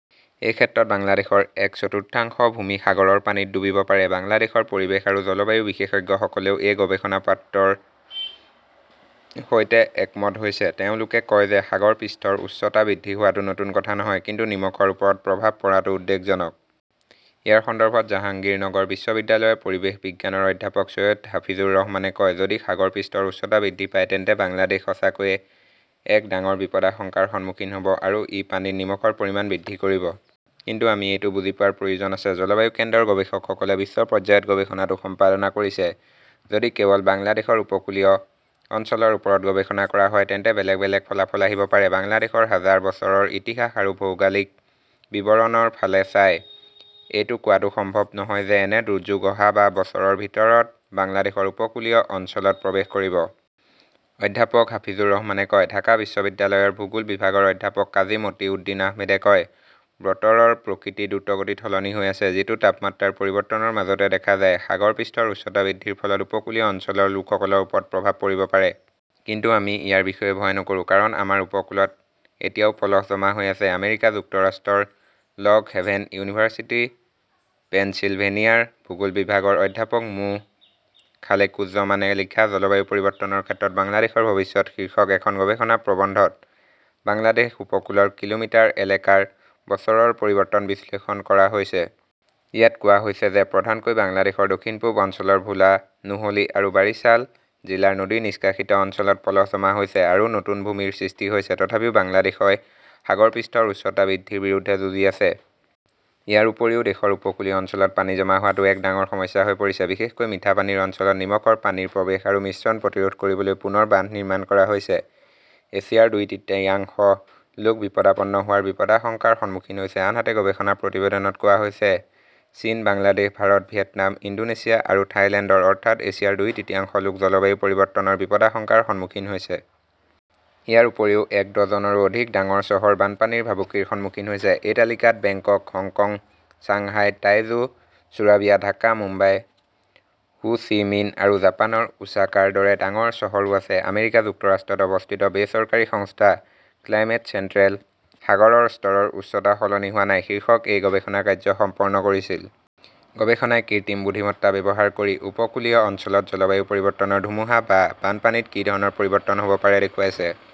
এই ক্ষেত্ৰত বাংলাদেশৰ এক চতুৰ্থাংশ ভূমি সাগৰৰ পানীত ডুবিব পাৰে। বাংলাদেশৰ পৰিৱেশ আৰু জলবায়ু বিশেষজ্ঞসকলেও এই গৱেষণা পত্ৰৰ সৈতে একমত হৈছে। তেওঁলোকে কয় যে সাগৰ পৃষ্ঠৰ উচ্চতা বৃদ্ধি হোৱাটো নতুন কথা নহয় কিন্তু নিমখৰ ওপৰত প্ৰভাৱ পৰাটো উদ্বেগজনক। ইয়াৰ সন্দৰ্ভত জাহাংগীৰনগৰ বিশ্ববিদ্যালয়ৰ পৰিৱেশ বিজ্ঞানৰ অধ্যাপক চৈয়দ হাফিজুৰ ৰহমানে কয়, "যদি সাগৰ পৃষ্ঠৰ উচ্চতা বৃদ্ধি পায় তেন্তে বাংলাদেশ সঁচাকৈয়ে এক ডাঙৰ বিপদাশংকাৰ সন্মুখীন হ" ব আৰু ই পানীত নিমখৰ পৰিমাণ বৃদ্ধি কৰিব। কিন্তু আমি এইটো বুজি পোৱাৰ প্ৰয়োজন আছে, জলবায়ু কেন্দ্ৰৰ গৱেষকসকলে বিশ্ব পৰ্যায়ত গৱেষণাটো সম্পাদনা কৰিছে। যদি কেৱল বাংলাদেশৰ উপকূলীয় অঞ্চলৰ ওপৰত গৱেষণা কৰা হয়, তেন্তে বেলেগ বেলেগ ফলাফল আহিব পাৰে। "বাংলাদেশৰ হাজাৰ বছৰৰ ইতিহাস আৰু ভৌগালিক বিৱৰণৰ ফালে চাই, এইটো কোৱাটো সম্ভৱ নহয় যে এনে দুৰ্যোগ অহা বা বছৰৰ ভিতৰত বাংলাদেশৰ উপকূলীয় অঞ্চলত প্ৰৱেশ কৰিব।" অধ্যাপক হাফিজুৰ ৰহমানে কয়। ঢাকা বিশ্ববিদ্যালয়ৰ ভূগোল বিভাগৰ অধ্যাপক কাজী মতিন উদ্দীন আহমেদে কয়, বতৰৰ প্ৰকৃতি দ্ৰুতগতিত সলনি হৈ আছে যিটো তাপমাত্ৰাৰ পৰিৱৰ্তনৰ মাজতে দেখা যায়। সাগৰ পৃষ্ঠৰ উচ্চতা বৃদ্ধিৰ ফলত উপকূলীয় অঞ্চলৰ লোকসকলৰ ওপৰত প্ৰভাৱ পৰিব পাৰে। কিন্তু আমি ইয়াৰ বিষয়ে ভয় নকৰো কাৰণ আমাৰ উপকূলত এতিয়াও পলস জমা হৈ আছে। "আমেৰিকা যুক্তৰাষ্ট্ৰৰ" লক হেভেন ইউনিভাৰ্চিটি পেনচিলভেনিয়া "ৰ ভূগোল বিভাগৰ অধ্যাপক মো. খালেকুজ্জমানে লিখা "জলবায়ু পৰিৱৰ্তনৰ ক্ষেত্ৰত বাংলাদেশৰ ভৱিষ্যত" শীৰ্ষক এখন গৱেষণা প্ৰবন্ধত বাংলাদেশ উপকূলৰ কিলোমিটাৰ এলেকাৰ বছৰৰ পৰিৱৰ্তন বিশ্লেষণ কৰা হৈছে। ইয়াত কোৱা হৈছে যে প্ৰধানকৈ বাংলাদেশৰ দক্ষিণ-পূব অঞ্চলৰ ভোলা, নোহলী আৰু বাৰিছাল জিলাৰ নদী নিষ্কাশিত অঞ্চলত পলস জমা হৈছে আৰু নতুন ভূমিৰ সৃষ্টি হৈছে। তথাপিও বাংলাদেশই সাগৰ পৃষ্ঠৰ উচ্চতা বৃদ্ধিৰ বিৰুদ্ধে যুঁজি আছে। ইয়াৰ উপৰিও, দেশৰ উপকূলীয় অঞ্চলত পানী জমা হোৱাটো এক ডাঙৰ সমস্যা হৈ পৰিছে। বিশেষকৈ মিঠা পানীৰ অঞ্চলত নিমখৰ পানীৰ প্ৰৱেশ আৰু মিশ্ৰণ প্ৰতিৰোধ কৰিবলৈ পুনৰ বান্ধ নিৰ্মাণ কৰা হৈছে। এছিয়াৰ দুই তৃতীয়াংশ লোক বিপদাপন্ন হোৱাৰ বিপদাশংকাৰ সন্মুখীন হৈছে, আনহাতে গৱেষণা প্ৰতিবেদনত কোৱা হৈছে-চীন, বাংলাদেশ, ভাৰত, ভিয়েটনাম, ইণ্ডোনেছিয়া আৰু থাইলেণ্ডৰ অৰ্থাৎ এছিয়াৰ দুই তৃতীয়াংশ লোক জলবায়ু পৰিৱৰ্তনৰ বিপদাশংকাৰ সন্মুখীন হৈছে। ইয়াৰ উপৰিও এক ডজনৰো অধিক ডাঙৰ চহৰ বানপানীৰ ভাবুকিৰ সন্মুখীন হৈছে। এই তালিকাত Bangkok, Hong Kong, Shanghai, Taizhou, Surabaya, Dhaka, Mumbai, Ho Chi মিন আৰু জাপানৰ ওছাকাৰ দৰে ডাঙৰ চহৰো আছে। আমেৰিকা যুক্তৰাষ্ট্ৰত অৱস্থিত বেচৰকাৰী সংস্থা ক্লাইমেট চেণ্ট্ৰেলে "সাগৰৰ স্তৰৰ উচ্চতা সলনি হোৱা নাই" শীৰ্ষক এই গৱেষণা কাৰ্য্য সম্পন্ন কৰিছিল। গৱেষণাই কৃত্ৰিম বুদ্ধিমত্তা ব্যৱহাৰ কৰি উপকূলীয় অঞ্চলত জলবায়ু পৰিৱৰ্তনৰ ধুমুহা বা বানপানীত কি ধৰণৰ পৰিৱৰ্তন হ'ব পাৰে দেখুৱাইছে।